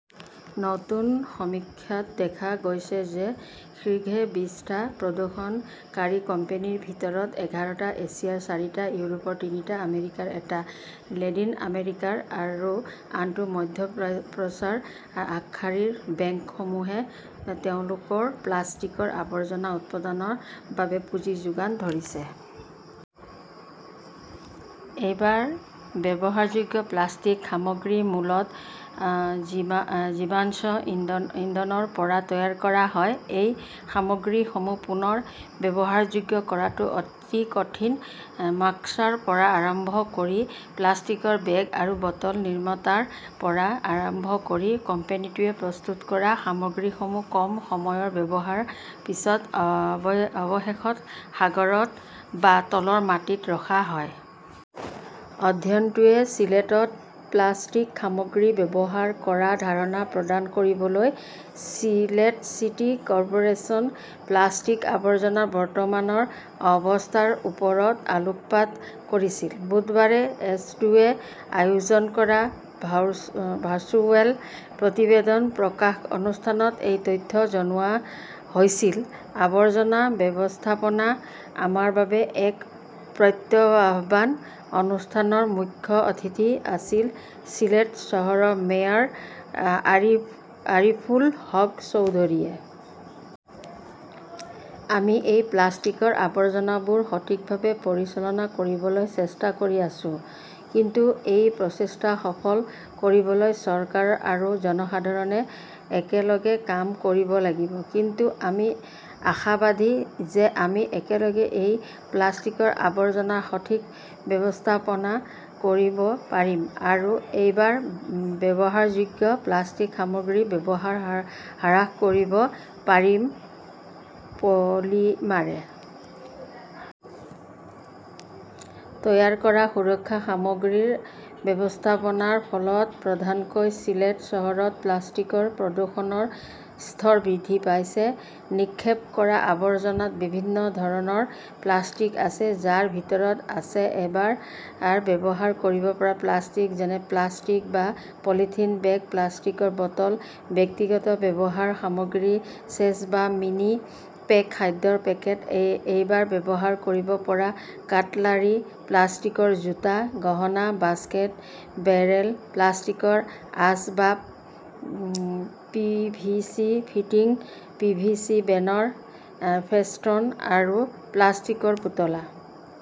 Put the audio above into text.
নতুন সমীক্ষাত দেখা গৈছে যে স্ৰিঘ্ৰে বিছটা প্ৰদূষণকাৰী কোম্পানীৰ ভিতৰত এঘাৰ​টা এছিয়াৰ, চাৰিটা ইউৰোপৰ, তিনিটা আমেৰিকাৰ, এটা লেদিন আমেৰিকাৰ আৰু আনটো মধ্য প্ৰাচ্যৰ। আগশাৰীৰ বেংকসমূহে তেওঁলোকৰ প্লাষ্টিকৰ আৱৰ্জনা উৎপাদনৰ বাবে পুঁজি যোগান ধৰিছে। এবাৰ ব্যৱহাৰযোগ্য প্লাষ্টিক সামগ্ৰী মূলত জীৱা জীৱাশ্ম ইন্ধনৰ পৰা তৈয়াৰ কৰা হয়। এই সামগ্ৰীসমূহ পুনৰ ব্যৱহাৰযোগ্য কৰাটো অতি কঠিন। ম্মাস্কৰ পৰা আৰম্ভ কৰি প্লাষ্টিকৰ বেগ আৰু বটল নিৰ্মাতাৰ পৰা আৰম্ভ কৰি কোম্পানীটোৱে প্ৰস্তুত কৰা সামগ্ৰীসমূহ কম সময়ৰ ব্যৱহাৰৰ পিছত অৱশেষত সাগৰত বা তলৰ মাটিত ৰখা হয়। অধ্যয়নটোৱে চিলেটত প্লাষ্টিক সামগ্ৰী ব্যৱহাৰ কৰাৰ ধাৰণা প্ৰদান কৰিবলৈ চিলেট চিটি কৰ্পোৰেচনৰ প্লাষ্টিক আৱৰ্জনাৰ বৰ্তমানৰ অৱস্থাৰ ওপৰত আলোকপাত কৰিছিল। বুধবাৰে এছডোৱে আয়োজন কৰা ভাৰ্চুৱেল প্ৰতিবেদন প্ৰকাশ অনুষ্ঠানত এই তথ্য জনোৱা হৈছিল। "আৱৰ্জনা ব্যৱস্থাপনা আমাৰ বাবে এক প্ৰত্যাহ্বান", অনুষ্ঠানৰ মুখ্য অতিথি আছিল চিলেট চহৰৰ মেয়ৰ আৰি আৰিফুল হক চৌধুৰীয়ে। আমি এই প্লাষ্টিকৰ আৱৰ্জনাবোৰ সঠিকভাৱে পৰিচালনা কৰিবলৈ চেষ্টা কৰি আছো। কিন্তু এই প্ৰচেষ্টা সফল কৰিবলৈ চৰকাৰ আৰু জনসাধাৰণে একেলগে কাম কৰিব লাগিব। কিন্তু আমি আশাবাদী যে আমি একেলগে এই প্লাষ্টিকৰ আৱৰ্জনাৰ সঠিক ব্যৱস্থাপনা কৰিব পাৰিম আৰু এবাৰ ব্যৱহাৰযোগ্য প্লাষ্টিক সামগ্ৰীৰ ব্যৱহাৰ হ্ৰাস কৰিব পাৰিম। পলিমাৰে তৈয়াৰ কৰা সুৰক্ষা সামগ্ৰীৰ অব্যৱস্থাপনাৰ ফলত প্ৰধানকৈ চিলেট চহৰত প্লাষ্টিকৰ প্ৰদূষণৰ স্তৰ বৃদ্ধি পাইছে। নিক্ষেপ কৰা আৱৰ্জনাত বিভিন্ন ধৰণৰ প্লাষ্টিক আছে, যাৰ ভিতৰত আছে এবাৰ ব্যৱহাৰ কৰিব পৰা প্লাষ্টিক যেনে প্লাষ্টিক বা পলিথিনৰ বেগ, প্লাষ্টিকৰ বটল, ব্যক্তিগত ব্যৱহাৰৰ সামগ্ৰী, চেচ বা মিনি পেক, খাদ্যৰ পেকেট, এবাৰ ব্যৱহাৰ কৰিব পৰা কাটলাৰী, প্লাষ্টিকৰ জোতা, গহনা, বাস্কেট, বেৰেল, প্লাষ্টিকৰ আচবাব, PVC fitting, PVC banner, festoon আৰু প্লাষ্টিকৰ পুতলা।